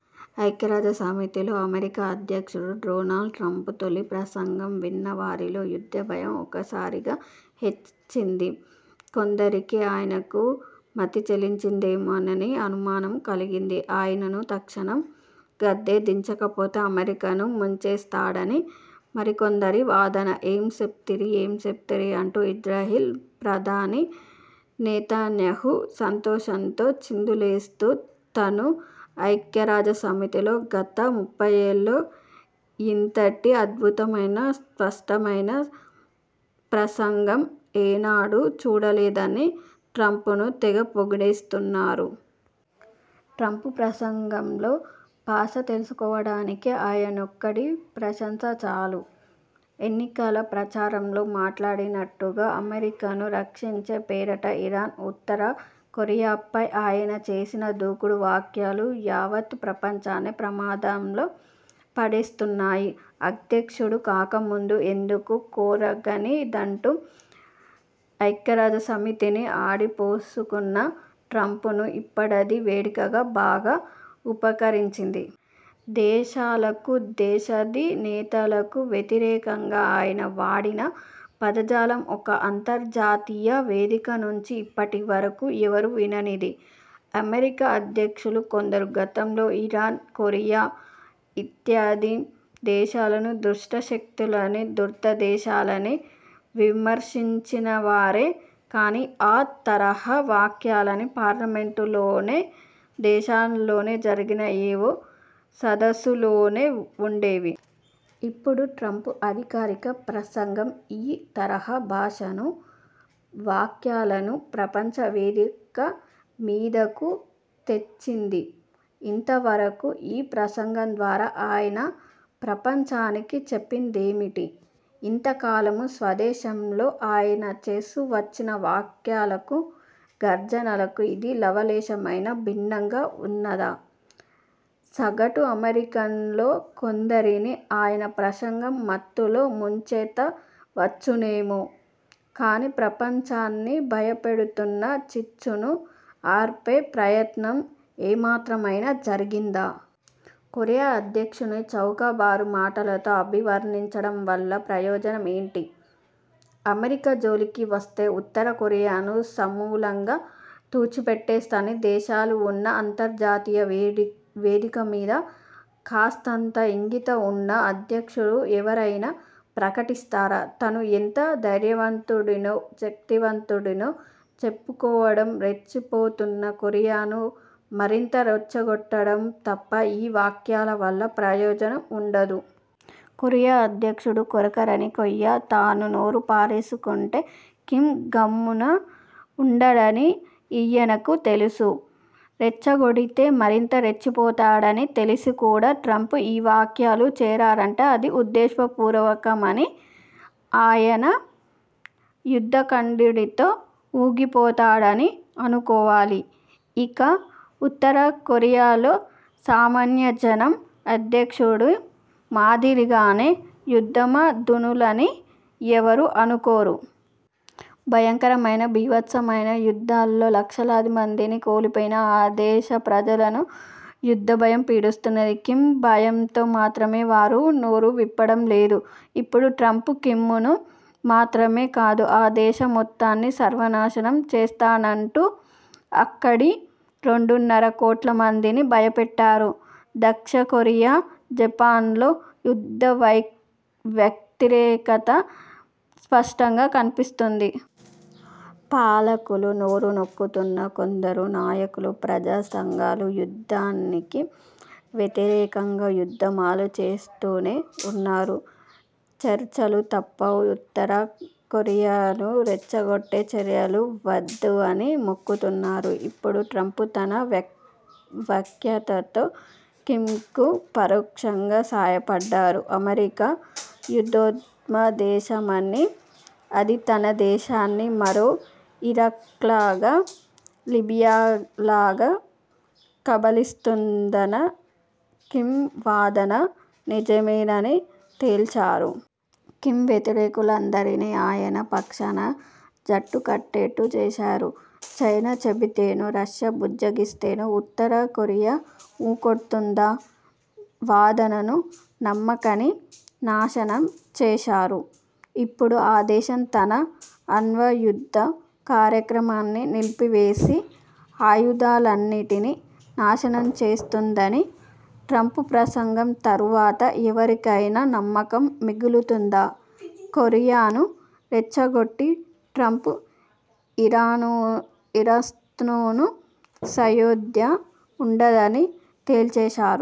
ఐక్యరాజ్య సమితిలో అమెరికా అధ్యక్షుడు డొనాల్డ్ ట్రంప్ తొలి ప్రసంగం విన్నవారిలో యుద్ధభయం ఒక్కసారిగా హెచ్చింది. కొందరికి ఆయనకు మతిచలించిందేమోనని అనుమానమూ కలిగింది. ఆయనను తక్షణం గద్దె దించకపోతే అమెరికాను ముంచేస్తాడని మరికొందరి వాదన. ఏమి సెప్తిరి, ఏమి సెప్తిరి అంటూ ఇజ్రాయెల్ ప్రధాని నెతన్యాహూ సంతోషంతో చిందులేస్తూ తాను ఐక్యరాజ్యసమితిలో గత ముప్పయ్యేళ్ళలో ఇంతటి అద్భుతమైన, స్పష్టమైన ప్రసంగం ఎన్నడూ చూడలేదని ట్రంప్ను తెగపొగిడేస్తున్నారు. ట్రంప్ ప్రసంగంలో పస తెలుసుకోవడానికి ఈయనొక్కడి ప్రశంస చాలు. ఎన్నికల ప్రచారంలో మాట్లాడినట్టుగా, అమెరికాను రక్షించే పేరిట ఇరాన్, ఉత్తరకొరియాలపై ఆయన చేసిన దూకుడు వ్యాఖ్యలు యావత్ ప్రపంచాన్నే ప్రమాదంలో పడేస్తున్నాయి. అధ్యక్షుడు కాకముందు ఎందుకూ కొరగానిదంటూ ఐక్యరాజ్యసమితిని ఆడిపోసుకున్న ట్రంప్కు ఇప్పుడది వేదికగా బాగా ఉపకరించింది. దేశాలకు, దేశాధినేతలకు వ్యతిరేకంగా ఆయన వాడిన పదజాలం ఒక అంతర్జాతీయ వేదికనుంచి ఇప్పటివరకూ ఎవరూ విననిది. అమెరికా అధ్యక్షులు కొందరు గతంలో ఇరాన్, కొరియా ఇత్యాది దేశాలను దుష్టశక్తులనీ, ధూర్తదేశాలనీ విమర్శించినవారే. కానీ, ఆ తరహా వ్యాఖ్యలన్నీ పార్లమెంటులోనో, దేశంలోనే జరిగిన ఏవో సదస్సుల్లోనో ఉండేవి. ఇప్పుడు ట్రంప్ అధికారిక ప్రసంగం ఈ తరహా భాషనూ, వ్యాఖ్యలను ప్రపంచవేదికమీదకు తెచ్చింది. ఇంతకూ ఈ ప్రసంగం ద్వారా ఆయన ప్రపంచానికి చెప్పినదేమిటి? ఇంతకాలమూ స్వదేశంలో ఆయన చేస్తూవచ్చిన వ్యాఖ్యలకు, గర్జనలకు ఇది లవలేశమైనా భిన్నంగా ఉన్నదా? సగటు అమెరికన్లలో కొందరిని ఈయన ప్రసంగం మత్తులో ముంచెత్తవచ్చునేమో కానీ, ప్రపంచాన్ని భయపెడుతున్న చిచ్చును ఆర్పే ప్రయత్నం ఏమాత్రమైనా జరిగిందా? కొరియా అధ్యక్షుడిని చౌకబారు మాటలతో అభివర్ణించడం వల్ల ప్రయోజనం ఏమిటి? అమెరికా జోలికి వస్తే ఉత్తరకొరియాను సమూలంగా తుడిచిపెట్టేస్తానని దేశాలున్న అంతర్జాతీయ వేదికమీద కాస్తంత ఇంగితం ఉన్న అధ్యక్షుడు ఎవరైనా ప్రకటిస్తారా? తాను ఎంత ధైర్యవంతుడినో, శక్తిమంతుడినో చెప్పుకోవడమూ, రెచ్చిపోతున్న కొరియాను మరింత రెచ్చగొట్టడమూ తప్ప ఈ వ్యాఖ్యలవల్ల ప్రయోజనం ఉండదు. కొరియా అధ్యక్షుడు కొరకరాని కొయ్య. తాను నోరుపారేసుకుంటే కిమ్ గమ్మున ఉండడని ఈయనకూ తెలుసు. రెచ్చగొడితే మరింత రెచ్చిపోతాడని తెలిసి కూడా ట్రంప్ ఈ వ్యాఖ్యలు చేశారంటే అది ఉద్దేశపూర్వకమనీ, ఆయన యుద్ధకండూతితో ఊగిపోతున్నాడనీ అనుకోవాలి. ఇక, ఉత్తరకొరియాలో సామాన్య జనం అధ్యక్షుడి మాదిరిగానే యుద్ధోన్మాదులని ఎవరూ అనుకోరు. భయానకమైన బీభత్సమైన యుద్ధాల్లో లక్షలమందిని కోల్పోయిన ఆ దేశ ప్రజలను యుద్ధభయం పీడిస్తున్నది. కిమ్ భయంతో మాత్రమే వారు నోరువిప్పడం లేదు. ఇప్పుడు ట్రంప్ కిమ్ను మాత్రమే కాదు, ఆ దేశం మొత్తాన్ని సర్వనాశనం చేస్తానంటూ అక్కడి రెండున్నరకోట్లమందినీ భయపెట్టారు. దక్షిణకొరియా, జపాన్లలో యుద్ధవ్యతిరేకత స్పష్టంగా కనిపిస్తున్నది. పాలకులు నోరునొక్కుతున్నా, కొందరు నాయకులు, ప్రజాసంఘాలు యుద్ధానికి వ్యతిరేకంగా ఉద్యమాలు చేస్తూనే ఉన్నారు. చర్చలు తప్ప ఉత్తరకొరియాను రెచ్చగొట్టే చర్యలు వద్దని మొక్కుతున్నారు. ఇప్పుడు ట్రంప్ తన వ్యాఖ్యలతో కిమ్కు పరోక్షంగా సహాయపడ్డారు. అమెరికా యుద్ధోన్మాదదేశమనీ, అది తన దేశాన్ని మరో ఇరాక్లాగా, లిబియాలాగా కబళిస్తుందన్న కిమ్ వాదన నిజమేనని తేల్చేశారు. కిమ్ వ్యతిరేకులందరినీ ఆయన పక్షాన జట్టుకట్టేట్టు చేశారు. చైనా చెబితేనో, రష్యా బుజ్జగిస్తేనో ఉత్తరకొరియా ఊ కొడుతుందన్న వాదననూ, నమ్మకాన్ని నాశనం చేశారు. ఇప్పుడు ఆ దేశం తన అణ్వాయుధ కార్యక్రమాన్ని నిలిపివేసి, ఆయుధాలన్నింటినీ నాశనం చేస్తుందని ట్రంప్ ప్రసంగం తరువాత ఎవరికైనా నమ్మకం మిగులుతుందా? కొరియాను రెచ్చగొట్టిన ట్రంప్, ఇరాన్తోనూ సయోధ్య ఉండదని తేల్చేశారు.